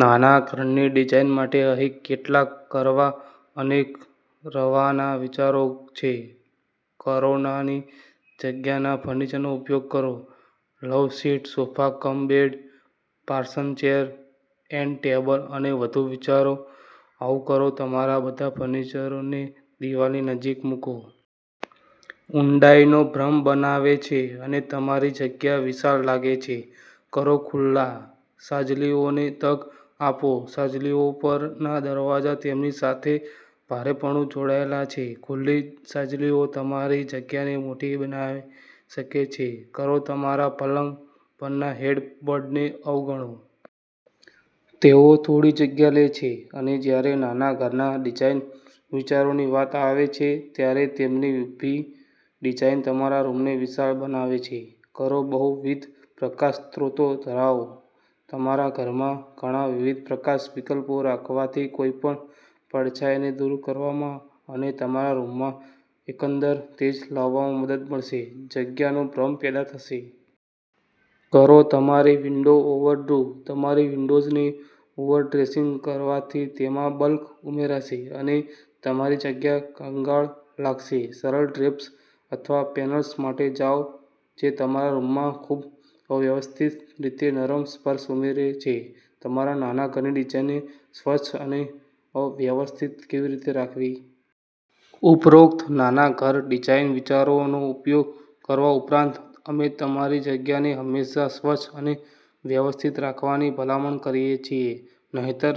નાના ઘરની ડિઝાઇન માટે અહીં કેટલાક કરવા અનેરવાનાં વિચારો છે. કરોનાની જગ્યાના ફર્નિચરનો ઉપયોગ કરો. Love seat, sofa cum bed, parson chair, and table અને વધુ વિચારો. આવુંકરોતમારા બધા ફર્નિચરોને દિવાલની નજીક મૂકો. ઊંડાઈનો ભ્રમ બનાવે છે અને તમારી જગ્યા વિશાળ લાગે છે. કરોખુલ્લા છાજલીઓને તક આપો. છાજલીઓ પરના દરવાજા તેમની સાથે ભારેપણું જોડાયેલા છે. ખુલ્લી છાજલીઓ તમારી જગ્યાને મોટી બનાવી શકે છે. કરોતમારા પલંગ પરના હેડબોર્ડને અવગણો. તેઓ થોડી જગ્યા લે છે અને જ્યારે નાના ઘરના ડિઝાઇન વિચારોની વાત આવે છે ત્યારે તેમની ઊભી ડિઝાઇન તમારા રૂમને વિશાળ બનાવે છે. કરોબહુવિધ પ્રકાશ સ્ત્રોતો ધરાવો. તમારા ઘરમાં ઘણાં વિવિધ પ્રકાશ વિકલ્પો રાખવાથી કોઈપણ પડછાયાને દૂર કરવામાં અને તમારા રૂમમાં એકંદર તેજ લાવવામાં મદદ મળશે, જગ્યાનો ભ્રમ પેદા થશે. કરોતમારી વિન્ડો ઓવર ડૂ. તમારી વિન્ડોઝને ઓવર ડ્રેસિંગ કરવાથી તેમાં બલ્ક ઉમેરાશે અને તમારી જગ્યા કંગાળ લાગશે. સરળ ડ્રેપ્સ અથવા પેનલ્સ માટે જાઓ જે તમારા રૂમમાં ખૂબઅવ્યવસ્થિત રીતે નરમ સ્પર્શ ઉમેરે છે. તમારા નાના ઘરની ડિઝાઇનને સ્વચ્છ અને અવ્યવસ્થિત કેવી રીતે રાખવી? ઉપરોક્ત નાના ઘર ડિઝાઇન વિચારોનો ઉપયોગ કરવા ઉપરાંત, અમે તમારી જગ્યાને હંમેશા સ્વચ્છ અને વ્યવસ્થિત રાખવાની ભલામણ કરીએ છીએ. નહિંતર,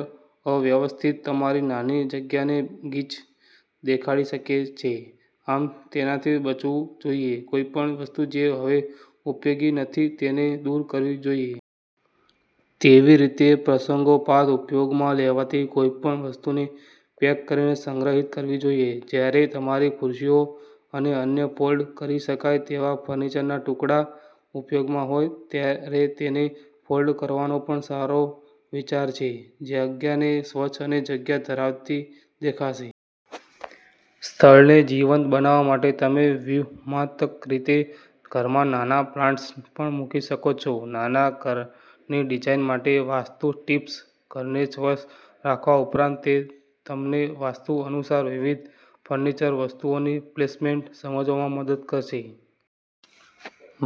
અવ્યવસ્થિત તમારી નાની જગ્યાને ગીચ દેખાડી શકે છે. આમ, તેનાથી બચવું જોઈએ. કોઈપણ વસ્તુ જે હવે ઉપયોગી નથી તેને દૂર કરવી જોઈએ. તેવીરીતે, પ્રસંગોપાત ઉપયોગમાં લેવાતી કોઈપણ વસ્તુને પેક કરીને સંગ્રહિત કરવી જોઈએ. જ્યારે તમારી ખુરશીઓ અને અન્ય ફોલ્ડ કરી શકાય તેવા ફર્નિચરના ટુકડા ઉપયોગમાંહોય ત્યારે તેને ફોલ્ડ કરવાનો પણ સારો વિચાર છે. જગ્યાને સ્વચ્છ અને જગ્યા ધરાવતી દેખાશે. સ્થળને જીવંત બનાવવા માટે તમે વ્યૂમાતક રીતે ઘરમાં નાના પ્લાન્ટ્સ પણ મૂકી શકો છો. નાના ઘરની ડિઝાઇન માટે વાસ્તુ ટિપ્સ ઘરને સ્વચ્છ રાખવા ઉપરાંત, તે તમને વાસ્તુ અનુસાર વિવિધ ફર્નિચર વસ્તુઓની પ્લેસમેન્ટ સમજવામાં મદદ કરશે.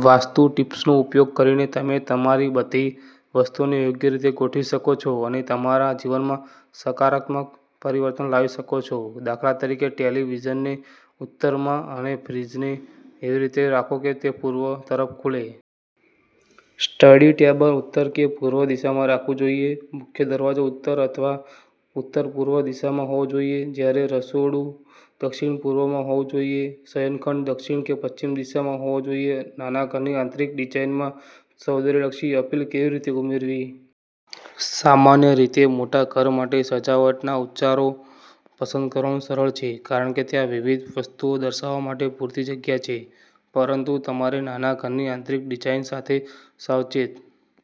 વાસ્તુ ટીપ્સનો ઉપયોગ કરીને, તમે તમારી બધી વસ્તુઓને યોગ્ય રીતે ગોઠવી શકો છો અને તમારા જીવનમાં સકારાત્મક પરિવર્તન લાવી શકો છો. દાખલા તરીકે, ટેલિવિઝનને ઉત્તરમાં અને ફ્રીજને એવી રીતે રાખો કે તે પૂર્વ તરફ ખુલે. સ્ટડી ટેબલ ઉત્તર કે પૂર્વ દિશામાં રાખવું જોઈએ. મુખ્ય દરવાજો ઉત્તર અથવા ઉત્તર-પૂર્વ દિશામાં હોવો જોઈએ, જ્યારે રસોડું દક્ષિણ-પૂર્વમાં હોવું જોઈએ. શયનખંડ દક્ષિણ કે પશ્ચિમ દિશામાં હોવો જોઈએ. નાના ઘરની આંતરિક ડિઝાઇનમાં સૌંદર્યલક્ષી અપીલ કેવી રીતે ઉમેરવી? સામાન્ય રીતે, મોટા ઘર માટે સજાવટના ઉચ્ચારો પસંદ કરવાનું સરળ છે કારણ કે ત્યાં વિવિધ વસ્તુઓ દર્શાવવા માટે પૂરતી જગ્યા છે. પરંતુ તમારે નાના ઘરની આંતરિક ડિઝાઇન સાથે સાવચેત